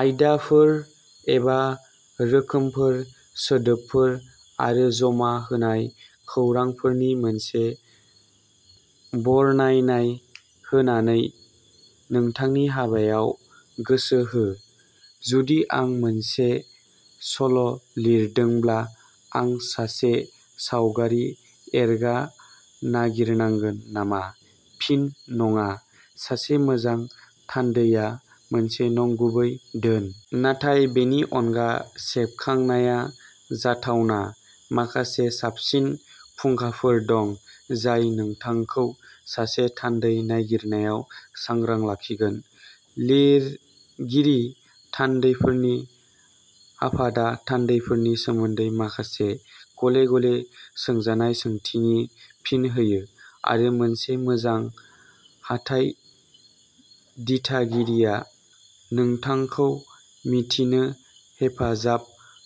आयदाफोर एबा रोखोमफोर सोदोबफोर आरो जमा होनाय खौरांफोरनि मोनसे बरनायनाय होनानै नोंथांनि हाबायाव गोसो हो। जुदि आं मोनसे सल' लिरदोंब्ला आं सासे सावगारि एरग्रा नागिरनांगोन नामा? फिन नङा सासे मोजां थान्दैआ मोनसे नंगुबै धोन। नाथाय बेनि अनगा सेबखांनाया जाथावना। माखासे साबसिन फुंखाफोर दं जाय नोंथांखौ सासे थान्दै नागिरनायाव सांग्रां लाखिगोन। लिरगिरि थान्दैफोरनि आफादा थान्दैफोरनि सोमोन्दै माखासे गले-गले सोंजानाय सोंथिनि फिन होयो। आरो मोनसे मोजां हाथाइ दिथागिरिया नोंथांखौ मिथिनो हेफाजाब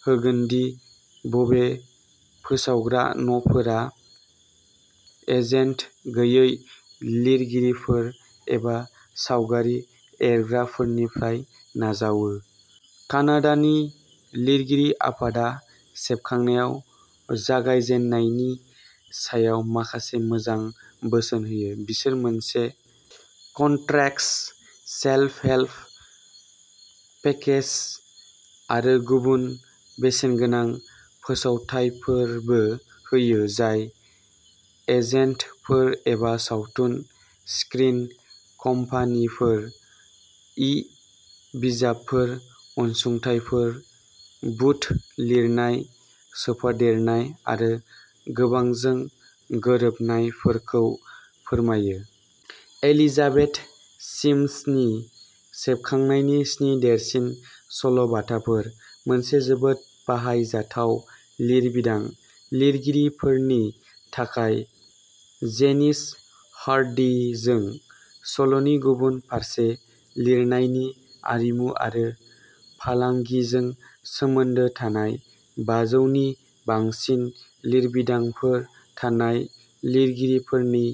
होगोन दि बबे फोसावग्रा न'फोरा एजेन्ट गैयै लिरगिरिफोर एबा सावगारि एरग्राफोरनिफ्राय नाजावो। कानाडानि लिरगिरि आफादआ सेबखांनायाव जागायजेननायनि सायाव माखासे मोजां बोसोन होयो। बिसोर मोनसे कन्ट्रेक्टस सेल्फ हेल्प पेकेज आरो गुबुन बेसेनगोनां फोसावथायफोरबो होयो जाय एजेन्टफोर एबा सावथुन स्क्रिन कम्पानिफोर इ-बिजाबफोर अनसुंथाइफोर भुत लिरनाय सोफादेरनाय आरो गोबांजों गोरोबनायफोरखौ फोरमायो। एलिजाबेथ सिम्सनि सेबखांनायनि स्नि देरसिन सल'बाथाफोर। मोनसे जोबोद बाहायजाथाव लिरबिदां। लिरगिरिफोरनि थाखाय। जेनिस हारडिजों सल'नि गुबुन फारसे लिरनायनि आरिमु आरो फालांगिजों सोमोन्दो थानाय बाजौ नि बांसिन लिरबिदांफोर थानाय लिरगिरिफोरनि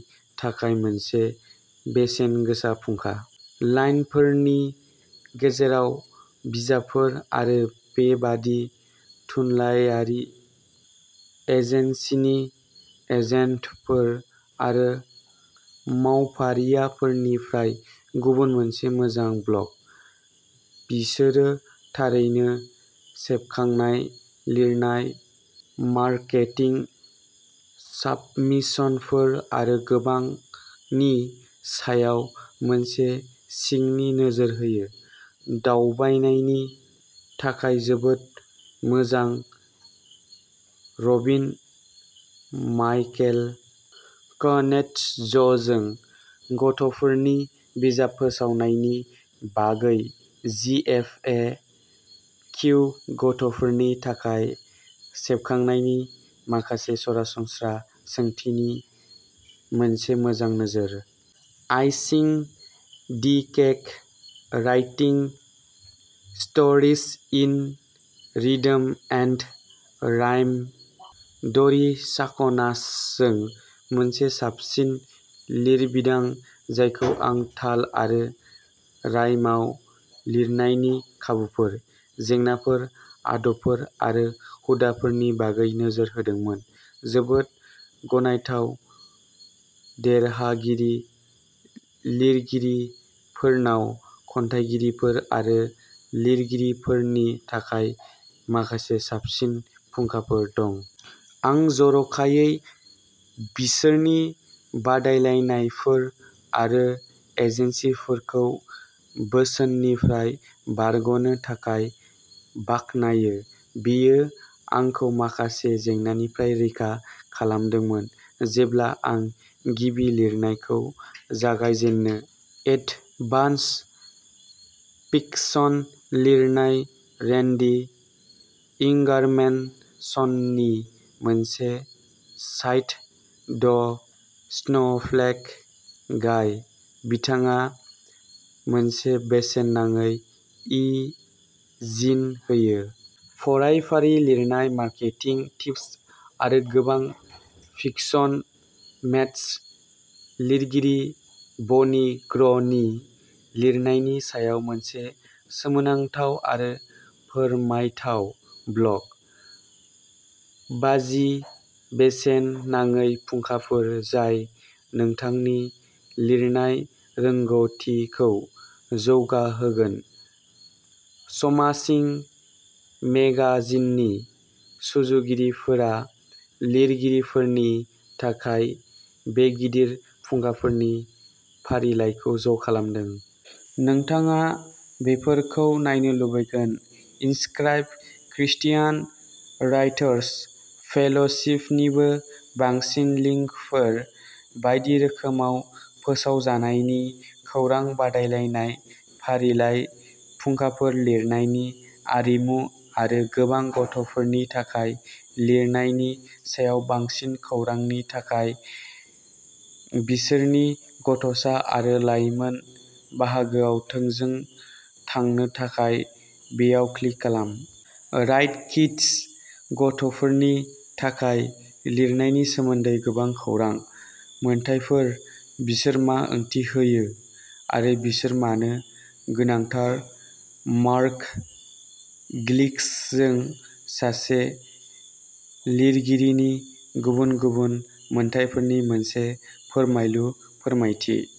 थाखाय मोनसे बेसेनगोसा फुंखा। लाइनफोरनि गेजेराव बिजाबफोर आरो बेबादि थुनलायारि एजेन्सिनि एजेन्टफोर आरो मावफारियाफोरनिफ्राय गुबुन मोनसे मोजां ब्लग। बिसोरो थारैनो सेबखांनाय, लिरनाय, मार्केटिं, साबमिशनफोर आरो गोबांनि सायाव मोनसे सिंनि नोजोर होयो। दावबायनायनि थाखाय जोबोद मोजां रबिन माइकेल क'न्ट्जजों गथ'फोरनि बिजाब फोसावनायनि बागै जि एफ ए किउ गथ'फोरनि थाखाय सेबखांनायनि माखासे सरासनस्रा सोंथिनि मोनसे मोजां नोजोर। Icing the cake writing stories in rhythm and rhyme ड'रि चाक'नासजों मोनसे साबसिन लिरबिदां जायखौ आं ताल आरो रायमाव लिरनायनि खाबुफोर, जेंनाफोर, आदबफोर आरो हुदाफोरनि बागै नोजोर होदोंमोन। जोबोद गनायथाव देरहागिरि लिरगिरिफोरनाव खन्थाइगिरिफोर आरो लिरगिरिफोरनि थाखाय माखासे साबसिन फुंखाफोर दं। आं जर'खायै बिसोरनि बादायलायनायफोर आरो एजेन्सिफोरखौ बोसोननिफ्राय बारग'नो थाखाय बाखनायो। बेयो आंखौ माखासे जेंनानिफ्राय रैखा खालामदोंमोन जेब्ला आं गिबि लिरनायखौ जागायजेनो। एडभान्स फिकशन लिरनाय रेन्डी इंगारमेनसननि मोनसे साइट द स्नोफ्लेक गाइ। बिथाङा मोनसे बेसेन नाङै इ जिन होयो। फरायफारि लिरनाय मार्केटिं टिप्स आरो गोबां फिकशन मेटर्स लिरगिरि बनी ग्रवनि लिरनायनि सायाव मोनसे सोमोनांथाव आरो फोरमायथाव ब्लग। बाजि बेसेन नाङै फुंखाफोर जाय नोंथांनि लिरनाय रोंग'थिखौ जौगाहोगोन स्माशिं मेगाजिननि सुजुगिरिफोरा लिरगिरिफोरनि थाखाय बे गिदिर फुंखाफोरनि फारिलाइखौ ज' खालामदों। नोंथाङा बेफोरखौ नायनो लुबैगोन। इनस्क्राइब क्रिस्टियान राइटार्स फेल'शिप निबो बांसिन लिंकफोर बायदि रोखोमाव फोसावजानायनि खौरां, बादायलायनाय फारिलाइ, फुंखाफोर, लिरनायनि आरिमु आरो गोबां गथ'फोरनि थाखाय लिरनायनि सायाव बांसिन खौरांनि थाखाय बिसोरनि गथ'सा आरो लाइमोन बाहागोआव थोंजों थांनो थाखाय बेयाव क्लिक खालाम। राइट किड्स गथ'फोरनि थाखाय लिरनायनि सोमोन्दै गोबां खौरां। मोनथायफोर बिसोर मा ओंथि होयो आरो बिसोर मानो गोनांथार मार्ग गिल्कसजों सासे लिरगिरिनि गुबुन गुबुन मोन्थाइफोरनि मोनसे फोरमायलु फोरमायथि।